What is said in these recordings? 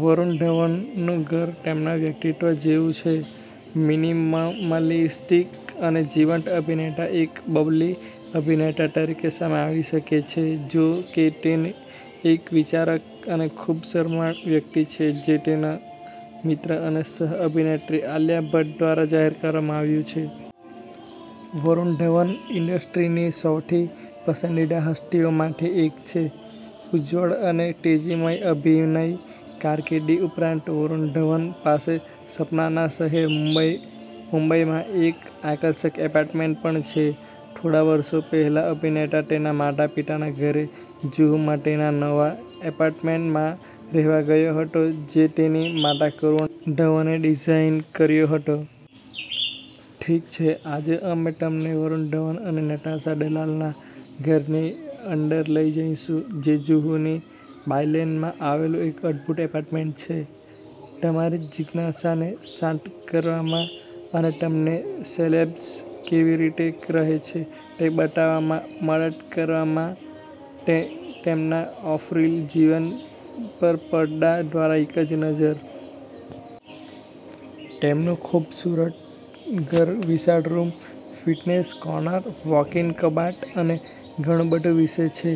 વરુણ ધવનનું ઘર તેમના વ્યક્તિત્વ જેવુંછેમિનિમલિસ્ટિક અને જીવંત. અભિનેતા એક બબલી અભિનેતા તરીકે સામે આવી શકે છેજો કે, તે એક વિચારક અને ખૂબશરમાળ વ્યક્તિ છે, જે તેના મિત્ર અને સહ-અભિનેત્રી આલિયા ભટ્ટ દ્વારા જાહેર કરવામાં આવ્યું છે. વરુણ ધવન ઈન્ડસ્ટ્રીની સૌથી પસંદીદા હસ્તીઓમાંથી એક છે. ઉજ્જવળ અને તેજીમય અભિનય કારકિર્દી ઉપરાંત, વરુણ ધવન પાસે સપનાના શહેર, મુંબઈમાં એક આકર્ષક એપાર્ટમેન્ટ પણ છે. થોડા વર્ષો પહેલા, અભિનેતા તેના માતા-પિતાના ઘરેથી જુહુમાં તેના નવા એપાર્ટમેન્ટમાં રહેવા ગયો હતો, જે તેની માતા કરુણા ધવને ડિઝાઇન કર્યો હતો. ઠીક છે, આજે અમે તમને વરુણ ધવન અને નતાશા દલાલના ઘરની અંદર લઈ જઈશું, જે જુહુની બાયલેનમાં આવેલું એક અદભૂત એપાર્ટમેન્ટ છે. તમારી જિજ્ઞાસાને શાંત કરવામાં અને તમનેસેલેબ્સ કેવી રીતે રહે છે તે બતાવવામાં મદદ કરવા માટે તેમના ઑફ-રીલ જીવન પર પડદા દ્વારા એક નજર. તેમનું ખૂબસૂરત ઘર વિશાળ રૂમ, ફિટનેસ કોર્નર, વૉક-ઇન કબાટ અને ઘણું બધું વિશે છે.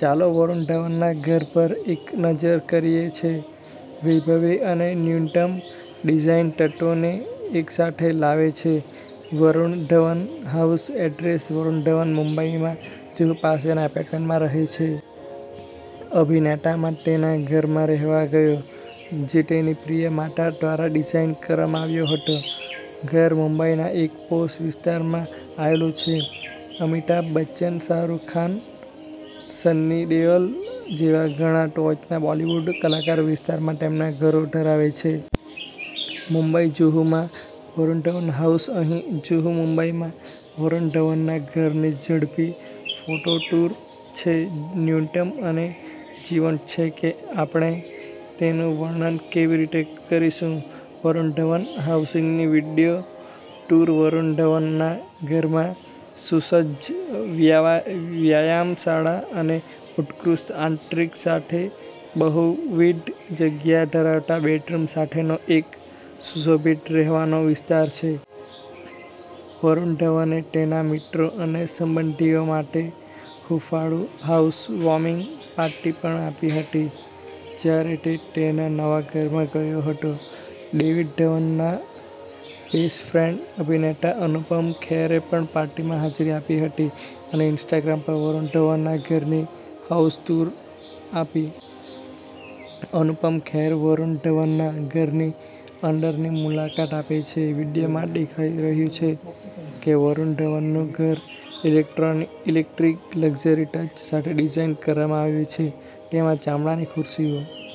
ચાલો વરુણ ધવનના ઘર પર એક નજર કરીએ જે વૈભવી અને ન્યૂનતમ ડિઝાઇન તત્વોને એકસાથે લાવે છે. વરુણ ધવન હાઉસ એડ્રેસ વરુણ ધવન મુંબઈમાં જુહુ પાસેના એપાર્ટમેન્ટમાં રહે છે. અભિનેતા માં તેના ઘરમાં રહેવા ગયો, જે તેની પ્રિય માતા દ્વારા ડિઝાઇન કરવામાં આવ્યો હતો. ઘર મુંબઈના એક પોશ વિસ્તારમાં આવેલું છે. અમિતાભ બચ્ચન, શાહરૂખ ખાનસન્ની દેઓલ જેવા ઘણા ટોચના બોલીવુડ કલાકારોવિસ્તારમાં તેમના ઘરો ધરાવે છે. મુંબઈ જુહુમાં વરુણ ધવન હાઉસ અહીં જુહુ મુંબઈમાં વરુણ ધવનના ઘરની ઝડપી ફોટો ટૂર છે. ન્યૂનતમ અને જીવંતછે કે આપણે તેનું વર્ણન કેવી રીતે કરીશું. વરુણ ધવન હાઉસની વિડિયો ટૂર વરુણ ધવનના ઘરમાં સુસજ્જ વ્યાયામશાળા અને ઉત્કૃષ્ટ આંતરિક સાથે બહુવિધ જગ્યા ધરાવતા બેડરૂમ સાથેનો એક સુશોભિત રહેવાનો વિસ્તાર છે. વરુણ ધવને તેના મિત્રો અને સંબંધીઓ માટે હૂંફાળું હાઉસવોર્મિંગ પાર્ટી પણ આપી હતી જ્યારે તે તેના નવા ઘરમાં ગયો હતો. ડેવિડ ધવનના બેસ્ટ ફ્રેન્ડ અભિનેતા અનુપમ ખેરે પણ પાર્ટીમાં હાજરી આપી અને ઈન્સ્ટાગ્રામ પર વરુણ ધવનના ઘરની હાઉસ ટૂર આપી. અનુપમ ખેર વરુણ ધવનના ઘરની અંદરની મુલાકાત આપે છે. વીડિયોમાં દેખાઈ રહ્યું છે કે વરુણ ધવનનું ઘર ઈલેક્ટ્રિક લક્ઝરી ટચ સાથે ડિઝાઈન કરવામાં આવ્યું છે. તેમાં ચામડાની ખુરશીઓ